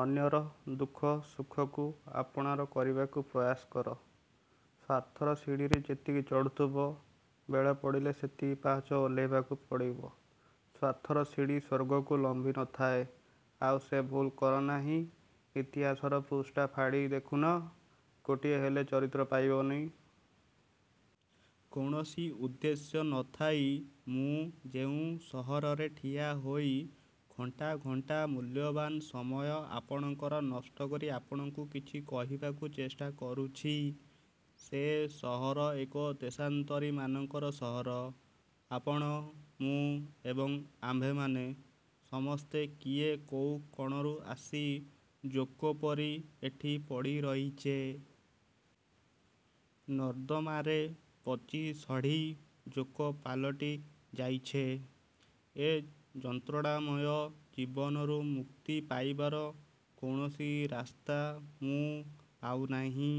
ଅନ୍ୟର ଦୁଃଖ ସୁଖକୁ ଆପଣାର କରିବାକୁ ପ୍ରୟାସ କର। ସ୍ୱାର୍ଥର ସିଡ଼ିରେ ଯେତିକି ଚଢ଼ୁଥିବ, ବେଳ ପଡ଼ିଲେ ସେତିକି ପାହାଚ ଓହ୍ଲେଇବାକୁ ପଡ଼ିବ। ସ୍ୱାର୍ଥର ସିଡ଼ି ସ୍ୱର୍ଗକୁ ଲମ୍ୱି ନଥାଏ। ଆଉ ସେ ଭୁଲ କରନାହିଁ। ଇତିହାସର ପୃଷ୍ଠା ଫାଡ଼ି ଦେଖୁନ। ଗୋଟିଏ ହେଲେ ଚରିତ୍ର ପାଇବନି। କୌଣସି ଉଦ୍ଦେଶ୍ୟ ନ ଥାଇ ମୁଁ ଯେଉଁ ସହରରେ ଠିଆହୋଇ ଘଣ୍ଟା ଘଣ୍ଟା ମୂଲ୍ୟବାନ ସମୟ ଆପଣଙ୍କର ନଷ୍ଟକରି ଆପଣଙ୍କୁ କିଛି କହିବାକୁ ଚେଷ୍ଟା କରୁଛି; ସେ ସହର ଏକ ଦେଶାନ୍ତରୀମାନଙ୍କର ସହର। ଆପଣ, ମୁଁ ଏବଂ ଆମ୍ଭେମାନେ ସମସ୍ତେ କିଏ କୋଉ କଣରୁ ଆସି ଜୋକପରି ଏଠି ପଡ଼ିରହିଛେ। ନର୍ଦ୍ଦମାରେ ପଚିସଢ଼ି ଜୋକ ପାଲଟି ଯାଇଛେ। ଏ ଯନ୍ତ୍ରଣାମୟ ଜୀବନରୁ ମୁକ୍ତି ପାଇବାର କୌଣସି ରାସ୍ତା ମୁଁ ପାଉନାହିଁ।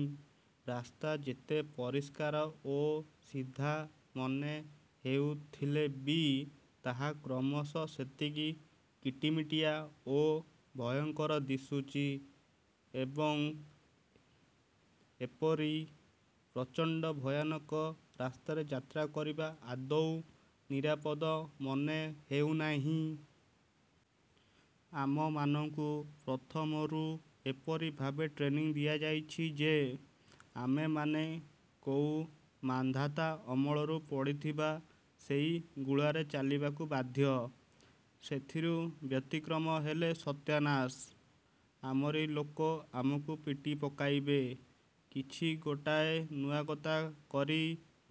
ରାସ୍ତା ଯେତେ ପରିଷ୍କାର ଓ ସିଧା ମନେ ହେଉଥିଲେ ବି ତାହା କ୍ରମଶଃ ସେତିକି କିଟିମିଟିଆ ଓ ଭୟଙ୍କର ଦିଶୁଛି ଏବଂ ଏପରି ପ୍ରଚଣ୍ତ ଭୟାନକ ରାସ୍ତାରେ ଯାତ୍ରା କରିବା ଆଦୌ ନିରାପଦ ମନେ ହେଉନାହିଁ। ଆମମାନଙ୍କୁ ପ୍ରଥମରୁ ଏପରି ଭାବେ ଟ୍ରେନିଂ ଦିଆଯାଇଛି ଯେ ଆମେମାନେ କୋଉ ମାନ୍ଧାତା ଅମଳରୁ ପଡ଼ିଥିବା ସେଇ ଗୁଳାରେ ଚାଲିବାକୁ ବାଧ୍ୟ। ସେଥିରୁ ବ୍ୟତିକ୍ରମ ହେଲେ ସତ୍ୟାନାଶ। ଆମରି ଲୋକେ ଆମକୁ ପିଟି ପକାଇବେ। କିଛି ଗୋଟାଏ ନୂଆକଥା କରି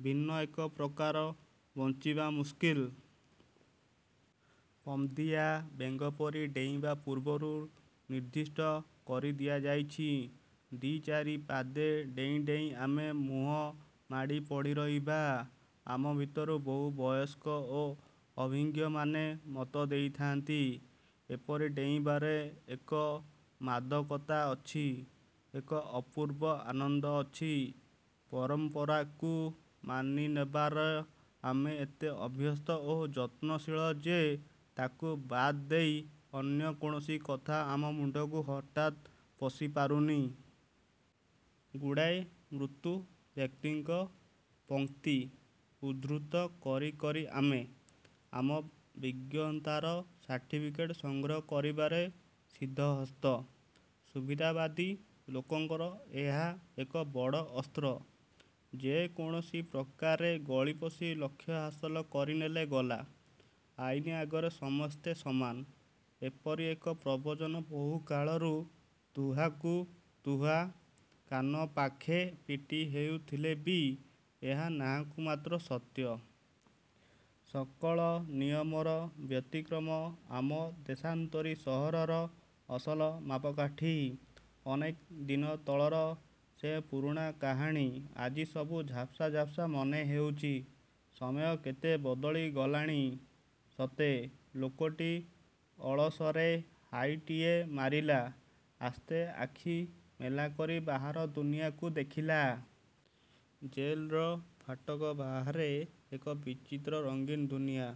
ଭିନ୍ନ ଏକ ପ୍ରକାରେ ବଞ୍ଚିବା ମୁସ୍କିଲ। ପମ୍ପ୍ଦିଆ ବେଙ୍ଗପରି ଡେଇଁବା ପୂର୍ବରୁ ନିର୍ଦ୍ଦିଷ୍ଟ କରିଦିଆଯାଇଛି। ଦି'ଚାରି ପାଦେ ଡେଇଁ ଡେଇଁ ଆମେ ମୁହିଁମାଡ଼ି ପଡ଼ିରହିବା।। ଆମ ଭିତରୁ ବହୁ ବୟସ୍କ ଓ ଅଭିଜ୍ଞମାନେ ମତ ଦେଇଥାନ୍ତି, ଏପରି ଡେଇଁବାରେ ଏକ ମାଦକତା ଅଛି। ଏକ ଅପୂର୍ବ ଆନନ୍ଦ ଅଛି। 'ପରମ୍ପରା'କୁ ମାନିନେବାରେ ଆମେ ଏତେ ଅଭ୍ୟସ୍ତ ଓ ଯତ୍ନଶୀଳ ଯେ ତାକୁ ବାଦଦେଇ ଅନ୍ୟ କୌଣସି କଥା ଆମ ମୁଣ୍ଡକୁ ହଠାତ୍ ପଶିପାରୁନି। ଗୁଡ଼ାଏ ମୃତ ବ୍ୟକ୍ତିଙ୍କ ପଂକ୍ତି ଉଦ୍ଧୃତ କରି କରି ଆମେ ଆମ ବିଜ୍ଞତାର ସାର୍ଟିଫିକେଟ ସଂଗ୍ରହ କରିବାରେ ସିଦ୍ଧହସ୍ତ। ସୁବିଧାବାଦୀ ଲୋକଙ୍କର ଏହା ଏକ ବଡ଼ ଅସ୍ତ୍ର। ଯେ କୌଣସି ପ୍ରକାରେ ଗଳିପଶି ଲକ୍ଷ୍ୟ ହାସଲ କରିନେଲେ ଗଲା। 'ଆଇନ ଆଗରେ ସମସ୍ତେ ସମାନ' ଏପରି ଏକ ପ୍ରବଚନ ବହୁ କାଳରୁ ତୁହାକୁ ତୁହା କାନପାଖେ ପିଟି ହେଉଥିଲେ ବି ଏହା ନାଁକୁ ମାତ୍ର ସତ୍ୟ। ସକଳ ନିୟମର ବ୍ୟତିକ୍ରମ ଆମ ଦେଶାନ୍ତରୀ ସହରର ଅସଲ ମାପକାଠି-। '' ଅନେକ ଦିନ ତଳର ସେ ପୁରୁଣା କାହାଣୀ। ଆଜି ସବୁ ଝାପ୍ସା ଝାପ୍ସା ମନେ ହେଉଛି। ସମୟ କେତେ ବଦଳି ଗଲାଣି ସତେ! ଲୋକଟି ଅଳସରେ ହାଇଟିଏ ମାରିଲା। ଆସ୍ତେ ଆଖି ମେଲାକରି ବାହାର ଦୁନିଆକୁ ଦେଖିଲା। ଜେଲ୍ର ଫାଟକ ବାହାରେ ଏକ ବିଚିତ୍ର ରଙ୍ଗିନ୍ ଦୁନିଆଁ।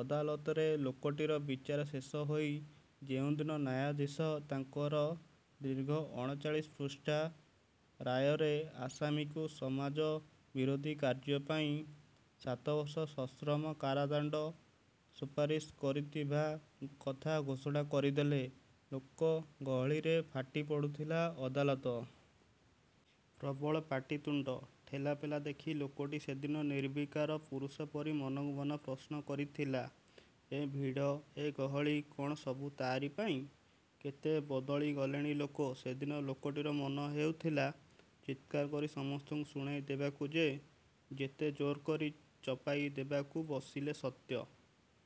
ଅଦାଲତରେ ଲୋକଟିର ବିଚାର ଶେଷ ହୋଇ ଯେଉଁଦିନ ନ୍ୟାୟାଧୀଶ ତାଙ୍କର ଦୀର୍ଘ ଅଣଚାଳିଶ ପୃଷ୍ଠା ରାୟରେ ଆସାମୀକୁ ସମାଜ ବିରୋଧି କାର୍ଯ୍ୟପାଇଁ ସାତବର୍ଷ ସଶ୍ରମ କାରାଦଣ୍ତ ସୁପାରିସ୍ କରିଥିବା କଥା ଘୋଷଣା କରିଦେଲେ, ଲୋକ ଗହଳିରେ ଫାଟି ପଡ଼ୁଥିଲା ଅଦାଲତ। ପ୍ରବଳ ପାଟିତୁଣ୍ତ, ଠେଲାପେଲା ଦେଖି ଲୋକଟି ସେଦିନ ନିର୍ବିକାର ପୁରୁଷ ପରି ମନକୁ ମନ ପ୍ରଶ୍ନ କରିଥିଲା—ଏ ଭିଡ଼, ଏ ଗହଳି କ'ଣ ସବୁ ତା'ରି ପାଇଁ? କେତେ ବଦଳି ଗଲେଣି ଲୋକେ। ସେଦିନ ଲୋକଟିର ମନ ହେଉଥିଲା, ଚିତ୍କାର କରି ସମସ୍ତଙ୍କୁ ଶୁଣାଇ ଦେବାକୁ ଯେ, ଯେତେ ଜୋର୍କରି ଚପାଇ ଦେବାକୁ ବସିଲେ, ସତ୍ୟ